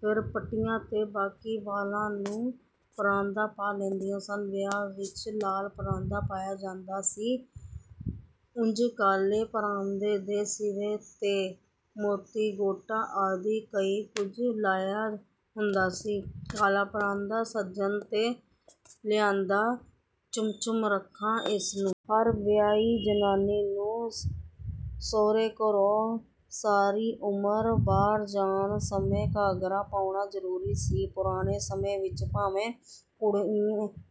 ਫੇਰ ਪੱਟੀਆਂ ਤੇ ਬਾਕੀ ਵਾਲਾਂ ਨੂੰ ਪਰਾਂਦਾ ਪਾ ਲੈਂਦੀਆਂ ਸਨ। ਵਿਆਹ ਵਿੱਚ ਲਾਲ ਪਰਾਂਦਾ ਪਾਇਆ ਜਾਂਦਾ ਸੀ। ਉਂਝ ਕਾਲੇ ਪਰਾਂਦੇ ਦੇ ਸਿਰੇ ਤੇ ਮੋਤੀ, ਗੋਟਾ ਆਦਿ ਕਈ ਕੁਝ ਲਾਇਆ ਹੁੰਦਾ ਸੀ। ਕਾਲਾ ਪਰਾਂਦਾ ਸੱਜਣ ਨੇ ਲਿਆਂਦਾ, ਚੁੰਮ-ਚੁੰਮ ਰੱਖਾਂ ਏਸ ਨੂੰ। ਹਰ ਵਿਆਹੀ ਜਨਾਨੀ ਨੂੰ ਸਹੁਰੇ ਘਰੋਂ ਸਾਰੀ ਉਮਰ ਬਾਹਰ ਜਾਣ ਸਮੇਂ ਘੱਗਰਾ ਪਾਉਣਾ ਜ਼ਰੂਰੀ ਸੀ। ਪੁਰਾਣੇ ਸਮੇਂ ਵਿੱਚ ਭਾਵੇਂ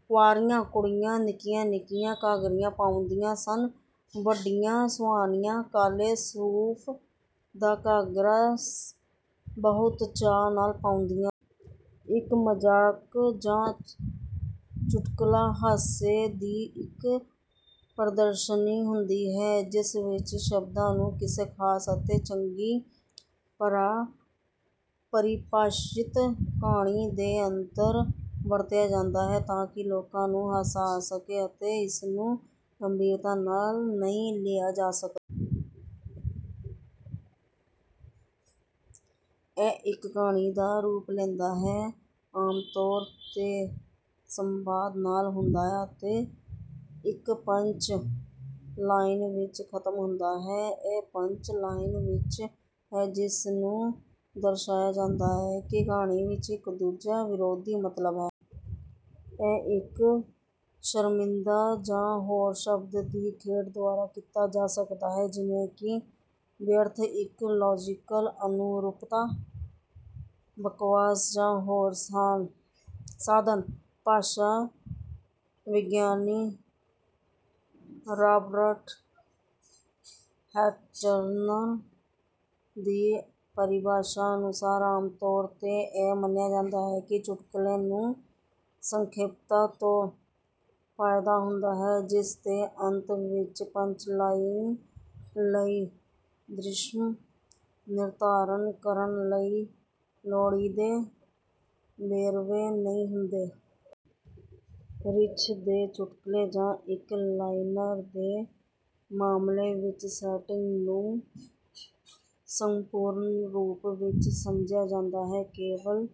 ਕੁਆਰੀਆਂ ਕੁੜੀਆਂ ਨਿੱਕੀਆਂ-ਨਿੱਕੀਆਂ ਘੱਗਰੀਆਂ ਪਾਉਂਦੀਆਂ ਸਨ। ਵੱਡੀਆਂ ਸੁਆਣੀਆਂ ਕਾਲੇ ਸੂਫ਼ ਦਾ ਘੱਗਰਾ ਬਹੁਤ ਚਾਅ ਨਾਲ ਪਾਉਂਦੀਆਂ। ਇੱਕ ਮਜ਼ਾਕ ਜਾਂ ਚੁਟਕੁਲਾ ਹਾਸੇ ਦੀ ਇੱਕ ਪ੍ਰਦਰਸ਼ਨੀ ਹੁੰਦੀ ਹੈ, ਜਿਸ ਵਿੱਚ ਸ਼ਬਦਾਂ ਨੂੰ ਕਿਸੇ ਖ਼ਾਸ ਅਤੇ ਚੰਗੀ ਤਰ੍ਹਾਂ ਪਰਿਭਾਸ਼ਿਤ ਕਹਾਣੀ ਦੇ ਅੰਦਰ ਵਰਤਿਆ ਜਾਂਦਾ ਹੈ, ਤਾਂ ਕਿ ਲੋਕਾਂ ਨੂੰ ਹਾਸਾ ਆ ਸਕੇ ਅਤੇ ਇਸਨੂੰ ਗੰਭੀਰਤਾ ਨਾਲ ਨਹੀਂ ਲਿਆ ਜਾ ਸਕਦਾ। ਇਹ ਇੱਕ ਕਹਾਣੀ ਦਾ ਰੂਪ ਲੈਂਦਾ ਹੈ, ਆਮ ਤੌਰ ’ਤੇ ਸੰਵਾਦ ਨਾਲ ਹੁੰਦਾ ਹੈ ਅਤੇ ਇੱਕ ਪੰਚ-ਲਾਈਨ ਵਿੱਚ ਖ਼ਤਮ ਹੁੰਦਾ ਹੈ। ਇਹ ਪੰਚ-ਲਾਈਨ ਵਿੱਚ ਹੈ ਜਿਸ ਨੂੰ ਦਰਸਾਇਆ ਜਾਂਦਾ ਹੈ ਕਿ ਕਹਾਣੀ ਵਿੱਚ ਇੱਕ ਦੂਜਾ, ਵਿਰੋਧੀ ਮਤਲਬ ਹੈ। ਇਹ ਇੱਕ ਸ਼ਰਮਿੰਦਾ ਜਾਂ ਹੋਰ ਸ਼ਬਦ ਦੀ ਖੇਡ ਦੁਆਰਾ ਕੀਤਾ ਜਾ ਸਕਦਾ ਹੈ, ਜਿਵੇਂ ਕਿ ਵਿਅਰਥ, ਇੱਕ ਲਾਜ਼ੀਕਲ ਅਨੁਰੂਪਤਾ, ਬਕਵਾਸ ਜਾਂ ਹੋਰ ਸਾਧਨ। ਭਾਸ਼ਾ-ਵਿਗਿਆਨੀ ਰਾਬਰਟ ਹੈਟਜ਼ਰਨ ਦੀ ਪਰਿਭਾਸ਼ਾ ਅਨੁਸਾਰ, ਆਮ ਤੌਰ ਤੇ ਇਹ ਮੰਨਿਆ ਜਾਂਦਾ ਹੈ ਕਿ ਚੁਟਕਲੇ ਨੂੰ ਸੰਖੇਪਤਾ ਤੋਂ ਫ਼ਾਇਦਾ ਹੁੰਦਾ ਹੈ, ਜਿਸ ਦੇ ਅੰਤ ਵਿੱਚ ਪੰਚ-ਲਾਈਨ ਲਈ ਦ੍ਰਿਸ਼ ਨਿਰਧਾਰਨ ਕਰਨ ਲਈ ਲੋੜੀਂਦੇ ਵੇਰਵੇ ਨਹੀਂ ਹੁੰਦੇ। ਰਿੱਛ ਦੇ ਚੁਟਕਲੇ ਜਾਂ ਇੱਕ-ਲਾਈਨਰ ਦੇ ਮਾਮਲੇ ਵਿੱਚ, ਸੈਟਿੰਗ ਨੂੰ ਸੰਪੂਰਨ ਰੂਪ ਵਿੱਚ ਸਮਝਿਆ ਜਾਂਦਾ ਹੈ, ਕੇਵਲ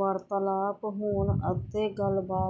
ਵਾਰਤਾਲਾਪ ਹੋਣ ਅਤੇ ਗੱਲਬਾਤ...